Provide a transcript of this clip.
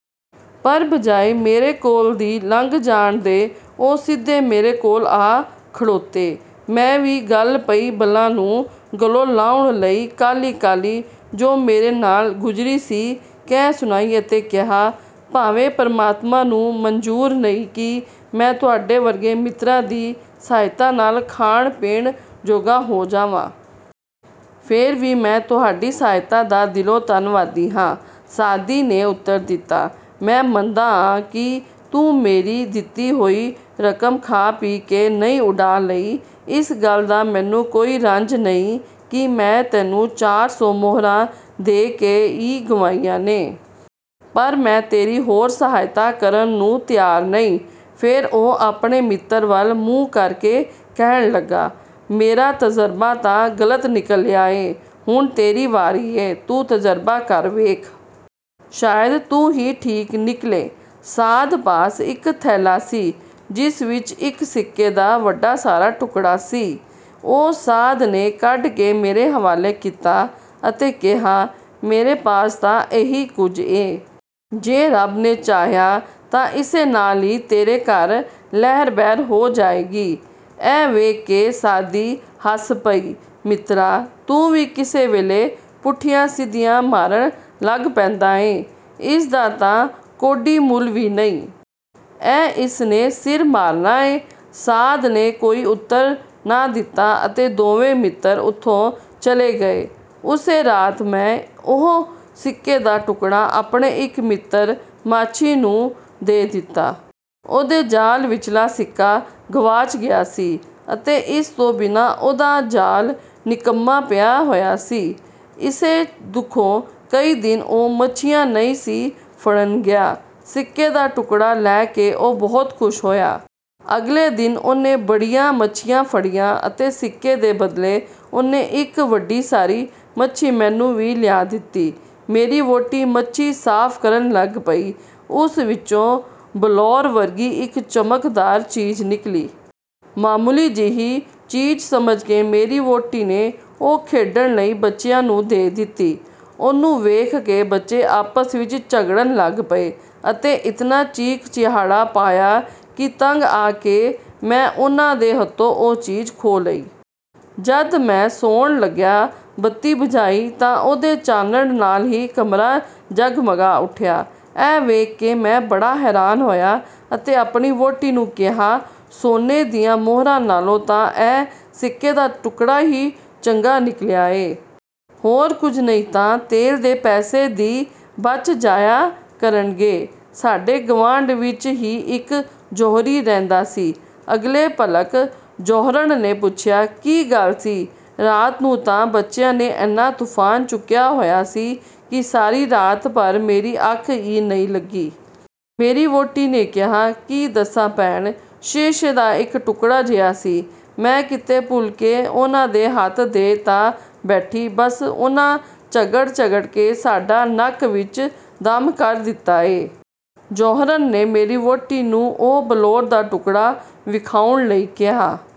ਪਰ ਬਜਾਏ ਮੇਰੇ ਕੋਲ ਦੀ ਲੰਘ ਜਾਣ ਦੇ ਉਹ ਸਿੱਧੇ ਮੇਰੇ ਕੋਲ ਆ ਖੜੋਤੇ। ਮੈਂ ਵੀ ਗਲ ਪਈ ਬਲਾ ਨੂੰ ਗਲੋਂ ਲਾਹੁਣ ਲਈ ਕਾਹਲੀ ਕਾਹਲੀ ਜੋ ਮੇਰੇ ਨਾਲ ਗੁਜ਼ਰੀ ਸੀ ਕਹਿ ਸੁਣਾਈ ਅਤੇ ਕਿਹਾ, "ਭਾਵੇਂ ਪਰਮਾਤਮਾ ਨੂੰ ਮਨਜ਼ੂਰ ਨਹੀਂ ਕਿ ਮੈਂ ਤੁਹਾਡੇ ਵਰਗੇ ਮਿੱਤਰਾਂ ਦੀ ਸਹਾਇਤਾ ਨਾਲ ਖਾਣ ਪੀਣ ਜੋਗਾ ਹੋ ਜਾਵਾਂ। ਫੇਰ ਵੀ ਮੈਂ ਤੁਹਾਡੀ ਸਹਾਇਤਾ ਦਾ ਦਿਲੋਂ ਧੰਨਵਾਦੀ ਆਂ। " ਸਾਅਦੀ ਨੇ ਉੱਤਰ ਦਿੱਤਾ, "ਮੈਂ ਮੰਨਦਾ ਆਂ ਕਿ ਤੂੰ ਮੇਰੀ ਦਿੱਤੀ ਹੋਈ ਰਕਮ ਖਾ ਪੀ ਕੇ ਨਹੀਂ ਉਡਾ ਲਈ। ਇਸ ਗੱਲ ਦਾ ਮੈਨੂੰ ਕੋਈ ਰੰਜ ਨਹੀਂ ਕਿ ਮੈਂ ਤੈਨੂੰ ਚਾਰ ਸੌ ਮੁਹਰਾਂ ਦੇ ਕੇ ਈ ਗਵਾਈਆਂ ਨੇ। ਪਰ ਮੈਂ ਤੇਰੀ ਹੋਰ ਸਹਾਇਤਾ ਕਰਨ ਨੂੰ ਤਿਆਰ ਨਹੀਂ। " ਫੇਰ ਉਹ ਆਪਣੇ ਮਿੱਤਰ ਵਲ ਮੂੰਹ ਕਰ ਕੇ ਕਹਿਣ ਲਗਾ, "ਮੇਰਾ ਤਜ਼ਰਬਾ ਤਾਂ ਗ਼ਲਤ ਨਿਕਲਿਆ ਏ। ਹੁਣ ਤੇਰੀ ਵਾਰੀ ਏ! ਤੂੰ ਤਜਰਬਾ ਕਰ ਵੇਖ! ਸ਼ਾਇਦ ਤੂੰ ਈ ਠੀਕ ਨਿਕਲੇਂ। " ਸਾਅਦ ਪਾਸ ਇਕ ਥੈਲਾ ਸੀ ਜਿਸ ਵਿਚ ਇਕ ਸਿੱਕੇ ਦਾ ਵੱਡਾ ਸਾਰਾ ਟੁਕੜਾ ਸੀ। ਉਹ ਸਾਅਦ ਨੇ ਕੱਢ ਕੇ ਮੇਰੇ ਹਵਾਲੇ ਕੀਤਾ ਅਤੇ ਕਿਹਾ, "ਮੇਰੇ ਪਾਸ ਤਾਂ ਏਹੀ ਕੁਝ ਏ। ਜੇ ਰੱਬ ਨੇ ਚਾਹਿਆ ਤਾਂ ਇਸੇ ਨਾਲ ਈ ਤੇਰੇ ਘਰ ਲਹਿਰ ਬਹਿਰ ਹੋ ਜਾਏਗੀ। " ਇਹ ਵੇਖ ਕੇ ਸਾਅਦੀ ਹੱਸ ਪਿਆ, "ਮਿੱਤਰਾ! ਤੂੰ ਵੀ ਕਿਸੇ ਵੇਲੇ ਪੁੱਠੀਆਂ ਸਿੱਧੀਆਂ ਮਾਰਨ ਲੱਗ ਪੈਂਦਾ ਏਂ। ਇਸ ਦਾ ਤਾਂ ਕੌਡੀ ਮੁਲ ਵੀ ਨਹੀਂ। ਇਹ ਇਸ ਨੇ ਸਿਰ ਮਾਰਨਾਂ ਏ? " ਸਾਅਦ ਨੋ ਕੋਈ ਉੱਤਰ ਨਾ ਦਿਤਾ ਅਤੇ ਦੋਵੇਂ ਮਿੱਤਰ ਉਥੋਂ ਚਲੇ ਗਏ। ਉਸੇ ਰਾਤ ਮੈਂ ਉਹ ਸਿੱਕੇ ਦਾ ਟੁਕੜਾ ਆਪਣੇ ਇਕ ਮਿੱਤਰ ਮਾਛੀ ਨੂੰ ਦੇ ਦਿੱਤਾ। ਉਹਦੇ ਜਾਲ ਵਿਚਲਾ ਸਿੱਕਾ ਗਵਾਚ ਗਿਆ ਸੀ ਅਤੇ ਇਸ ਤੋਂ ਬਿਨਾਂ ਉਹਦਾ ਜਾਲ, ਨਿਕੰਮਾ ਪਿਆ ਹੋਇਆ ਸੀ। ਇਸੇ ਦੁਖੋਂ ਕਈ ਦਿਨ ਉਹ ਮੱਛੀਆਂ ਨਹੀਂ ਸੀ ਫੜਨ ਗਿਆ। ਸਿੱਕੇ ਦਾ ਟੁਕੜਾ ਲੈ ਕੇ ਉਹ ਬਹੁਤ ਖ਼ੁਸ਼ ਹੋਇਆ। ਅਗਲੇ ਦਿਨ ਉਹਨੇ ਬੜੀਆਂ ਮੱਛੀਆਂ ਫੜੀਆਂ ਅਤੇ ਸਿੱਕੇ ਦੇ ਬਦਲੇ ਉਹਨੇ ਇਕ ਵੱਡੀ ਸਾਰੀ ਮੱਛੀ ਮੈਨੂੰ ਵੀ ਲਿਆ ਦਿਤੀ। ਮੇਰੀ ਵਹੁਟੀ ਮੱਛੀ ਸਾਫ਼ ਕਰਨ ਲਗ ਪਈ। ਉਸ ਵਿਚੋਂ ਬਲੌਰ ਵਰਗੀ ਇਕ ਚਮਕਦਾਰ ਚੀਜ਼ ਨਿਕਲੀ। ਮਾਮੂਲੀ ਜਿਹੀ ਚੀਜ਼ ਸਮਝ ਕੇ ਮੇਰੀ ਵਹੁਟੀ ਨੇ ਉਹ ਖੇਡਣ ਲਈ ਬੱਚਿਆਂ ਨੂੰ ਦੇ ਦਿੱਤੀ। ਉਹਨੂੰ ਵੇਖ ਕੇ ਬੱਚੇ ਆਪਸ ਵਿਚ ਝਗੜਨ ਲੱਗ ਪਏ ਅਤੇ ਇਤਨਾ ਚੀਕ ਚਿਹਾੜਾ ਪਾਇਆ ਕਿ ਤੰਗ ਆ ਕੇ ਮੈਂ ਉਹਨਾਂ ਦੇ ਹੱਥੋਂ ਉਹ ਚੀਜ਼ ਖੋਹ ਲਈ। ਜਦ ਮੈਂ ਸੌਣ ਲਗਿਆਂ ਬੱਤੀ ਬੁਝਾਈ ਤਾਂ ਉਹਦੇ ਚਾਨਣ ਨਾਲ ਹੀ ਕਮਰਾ ਜਗਮਗਾ ਉਠਿਆ ਇਹ ਵੇਖ ਕੇ ਮੈਂ ਬੜਾ ਹੈਰਾਨ ਹੋਇਆ ਅਤੇ ਆਪਣੀ ਵਹੁਟੀ ਨੂੰ ਕਿਹਾ, "ਸੋਨੇ ਦੀਆਂ ਮੁਹਰਾਂ ਨਾਲੋਂ ਤਾਂ ਇਹ ਸਿੱਕੇ ਦਾ ਟੁਕੜਾ ਈ ਚੰਗਾ ਨਿਕਲਿਆ ਏ। ਹੋਰ ਕੁਝ ਨਹੀਂ ਤਾਂ ਤੇਲ ਦੇ ਪੈਸੇ ਦੀ ਬੱਚ ਜਾਇਆ ਕਰਨਗੇ। " ਸਾਡੇ ਗਵਾਂਢ ਵਿਚ ਹੀ ਇਕ ਜੌਹਰੀ ਰਹਿੰਦਾ ਸੀ। ਅਗਲੇ ਭਲਕ ਜੌਹਰਣ ਨੇ ਪੁੱਛਿਆ, "ਕੀ ਗੱਲ ਸੀ, ਰਾਤ ਨੂੰ ਤਾਂ ਬੱਚਿਆਂ ਨੇ ਐਨਾ ਤੁਫ਼ਾਨ ਚੁਕਿਆ ਹੋਇਆ ਸੀ ਕਿ ਸਾਰੀ ਰਾਤ ਭਰ ਮੇਰੀ ਅੱਖ ਈ ਨਹੀਂ ਲੱਗੀ। " ਮੇਰੀ ਵਹੁਟੀ ਨੇ ਕਿਹਾ, "ਕੀ ਦੱਸਾਂ, ਭੈਣ! ਸ਼ੀਸ਼ੇ ਦਾ ਇਕ ਟੁਕੜਾ ਜਿਹਾ ਸੀ। ਮੈਂ ਕਿਤੇ ਭੁਲ ਕੇ ਉਹਨਾਂ ਦੇ ਹੱਥ ਦੇ ਤਾਂ ਬੈਠੀ, ਬੱਸ ਉਹਨਾਂ ਝਗੜ ਝਗੜ ਕੇ ਸਾਡਾ ਨੱਕ ਵਿਚ ਦੱਮ ਕਰ ਦਿੱਤਾ ਏ। " ਜੌਹਰਣ ਨੇ ਮੇਰੀ ਵਹੁਟੀ ਨੂੰ ਉਹ ਬਲੌਰ ਦਾ ਟੁਕੜਾ ਵਿਖਾਉਣ ਲਈ ਕਿਹਾ।